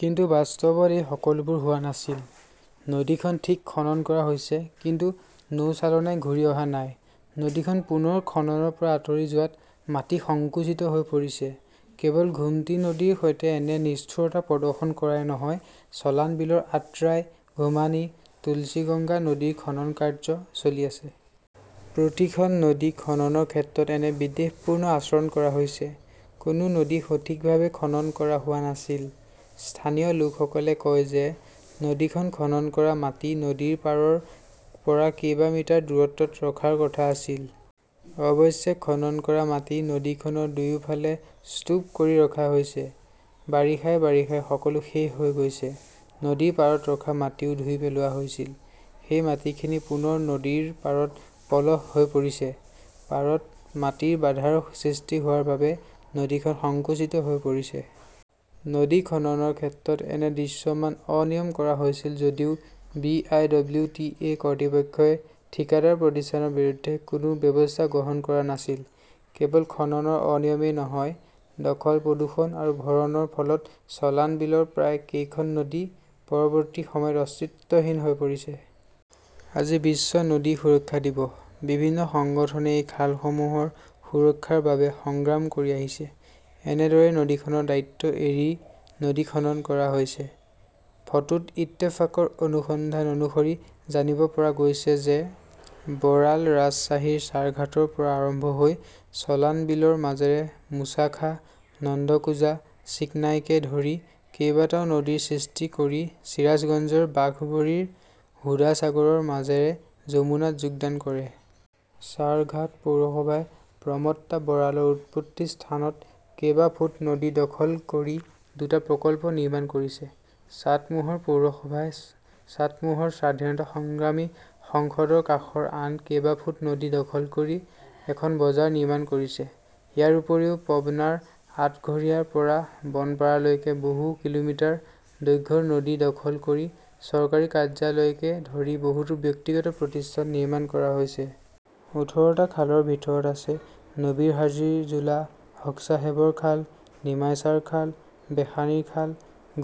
কিন্তু বাস্তৱত এই সকলোবোৰ হোৱা নাছিল। নদীখন ঠিক খনন কৰা হৈছে কিন্তু নৌচালনাই ঘূৰি অহা নাই । নদীখন পুনৰ খননৰ পৰা আঁতৰি যোৱাত মাটি সংকুচিত হৈ পৰিছে। কেৱল গোমতী নদীৰ সৈতে এনে নিষ্ঠুৰতা প্ৰদৰ্শন কৰাই নহয় চলানবিলৰ আট্ৰাই, গুমানী, তুলচিগঙ্গা নদীৰ খনন কাৰ্য চলি আছে। প্ৰতিখন নদী খননৰ ক্ষেত্ৰত এনে বিদ্বেষপূৰ্ণ আচৰণ কৰা হৈছে। কোনো নদী সঠিকভাৱে খনন কৰা হোৱা নাছিল। স্থানীয় লোকসকলে কয় যে নদীখন খনন কৰা মাটি নদীৰ পাৰৰ পৰা কেবা মিটাৰ দূৰত্বত ৰখাৰ কথা আছিল। অৱশ্যে, খনন কৰা মাটি নদীখনৰ দুয়োফালে স্তূপ কৰি ৰখা হৈছে। বাৰিষাই বাৰিষাই সকলো শেষ হৈ গৈছে। নদীৰ পাৰত ৰখা মাটিও ধুই পেলোৱা হৈছিল। সেই মাটিখিনি পুনৰ নদীৰ পাৰত পলস হৈ পৰিছে। পাৰত মাটিৰ বাধাৰ সৃষ্টি হোৱাৰ বাবে নদীখন সংকুচিত হৈ পৰিছে। নদী খননৰ ক্ষেত্ৰত এনে দৃশ্যমান অনিয়ম কৰা হৈছিল যদিও B. I. W. T. A. কৰ্তৃপক্ষই ঠিকাদাৰ প্ৰতিষ্ঠানৰ বিৰুদ্ধে কোনো ব্যৱস্থা গ্ৰহণ কৰা নাছিল। কেৱল খননৰ অনিয়মেই নহয়, দখল-প্ৰদূষণ আৰু ভৰণৰ ফলত চলানবিলৰ প্ৰায় কেইখন নদী পৰৱৰ্তী সময়ত অস্তিত্বহীন হৈ পৰিছে। আজি বিশ্ব নদী সুৰক্ষা দিৱস। বিভিন্ন সংগঠনে এই খালসমূহৰ সুৰক্ষাৰ বাবে সংগ্ৰাম কৰি আহিছে। এনেদৰেই নদীখনৰ দায়িত্ব এৰি নদী খনন কৰা হৈছে। ফটোত ইত্তেফাকৰ অনুসন্ধান অনুসৰি জানিব পৰা গৈছে যে বৰাল ৰাজশ্বাহীৰ চাৰঘাটৰ পৰা আৰম্ভ হৈ চলানবিলৰ মাজেৰে মুছাখা, নন্দকুজা, চিকনাইকে ধৰি কেইবাটাও নদীৰ সৃষ্টি কৰি চিৰাজগঞ্জৰ বাঘবাৰীৰ হুদাচাগৰৰ মাজেৰে যমুনাত যোগদান কৰে। চাৰঘাট পৌৰসভাই প্ৰমট্টা বৰালৰ উৎপত্তি স্থানত কেবা ফুট নদী দখল কৰি দুটা প্ৰকল্প নিৰ্মাণ কৰিছে। চাটমোহৰ পৌৰসভাই চাটমোহৰ স্বাধীনতা সংগ্ৰামী সংসদৰ কাষৰ আন কেবা ফুট নদী দখল কৰি এখন বজাৰ নিৰ্মাণ কৰিছে। ইয়াৰ উপৰিও পবনাৰ আটঘৰিয়াৰ পৰা বনপাৰালৈকে বহু কিলোমিটাৰ দৈৰ্ঘ্যৰ নদী দখল কৰি চৰকাৰী কাৰ্যালয়কে ধৰি বহুতো ব্যক্তিগত প্ৰতিষ্ঠান নিৰ্মাণ কৰা হৈছে। ওঠৰ টা খালৰ ভিতৰত আছে নবীৰহাজীৰ জোলা, হকছাহেবৰ খাল, নিমাইচাৰখাল, বেশানীৰখাল,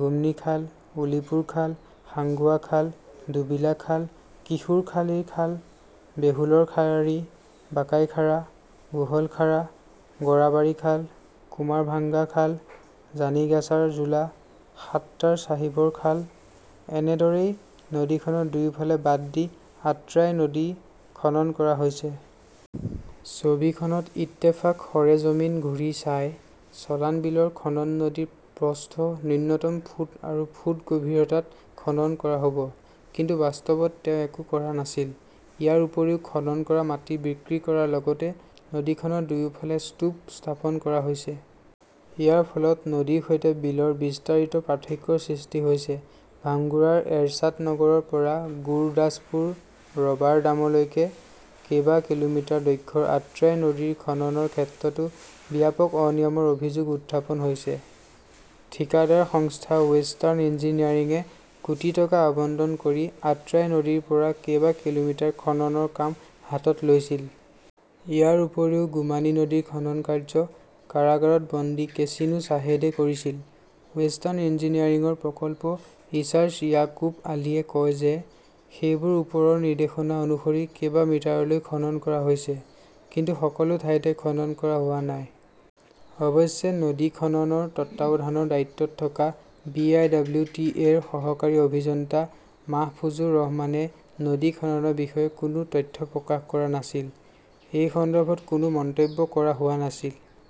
গুমনীখাল, উলিপুৰখাল, সাঙ্গুৱাখাল, দোবিলাখাল, কিশোৰখালীৰ খাল, বেহুলৰখাড়ী, বাকাইখাড়া, গোহলখাড়া, গৰাবাৰী খাল, কুমাৰভাঙ্গাখাল, জানিগাছাৰ জোলা, সাত্টাৰ চাহিবৰ খাল । এনেদৰেই নদীখনৰ দুয়োফাল বাদ দি আট্ৰাই নদী খনন কৰা হৈছে। ছবিখনত ইত্তেফাক সৰেজমিন ঘূৰি চাই, চলানবিলৰ খনন নদীৰ প্ৰস্থ ন্যূনতম ফুট আৰু ফুট গভীৰতাত খনন কৰা হব। কিন্তু বাস্তৱত তেওঁ একো কৰা নাছিল। ইয়াৰ উপৰিও খনন কৰা মাটি বিক্ৰী কৰাৰ লগতে নদীখনৰ দুয়োফালে স্তূপ স্থাপন কৰা হৈছে। ইয়াৰ ফলত নদীৰ সৈতে বিলৰ বিস্তাৰিত পাৰ্থক্যৰ সৃষ্টি হৈছে। ভাঙ্গুৰাৰ এৰশ্বাদ নগৰৰ পৰা গুৰদাসপুৰ ৰবাৰডামলৈকে কেবা কিলোমিটাৰ দৈৰ্ঘ্যৰ আট্ৰাই নদীৰ খননৰ ক্ষেত্ৰতো ব্যাপক অনিয়মৰ অভিযোগ উত্থাপন হৈছে। ঠিকাদাৰ সংস্থা ৱেষ্টাৰ্ণ ইঞ্জিনিয়াৰিঙে কোটি টকা আবণ্টন কৰি আট্ৰাই নদীৰ পৰা কেবা কিলোমিটাৰ খননৰ কাম হাতত লৈছিল। ইয়াৰ উপৰিও গুমানী নদীৰ খনন কাৰ্য কাৰাগাৰত বন্দী কেছিনো শ্বাহেদে কৰিছিল। ৱেষ্টাৰ্ণ ইঞ্জিনিয়াৰিংৰ প্ৰকল্প ইচাৰ্জ ইয়াকুব আলীয়ে কয় যে সেইবোৰ ওপৰৰ নিৰ্দেশনা অনুসৰি কেবা মিটাৰলৈ খনন কৰা হৈছে। কিন্তু সকলো ঠাইতে খনন কৰা হোৱা নাই। অৱশ্যে, নদী খননৰ তত্বাৱধানৰ দায়িত্বত থকা B. I. W. T. A. ৰ সহকাৰী অভিযন্তা মাহফুজুৰ ৰহমানে নদী খননৰ বিষয়ে কোনো তথ্য প্ৰকাশ কৰা নাছিল। এই সন্দৰ্ভত কোনো মন্তব্য কৰা হোৱা নাছিল।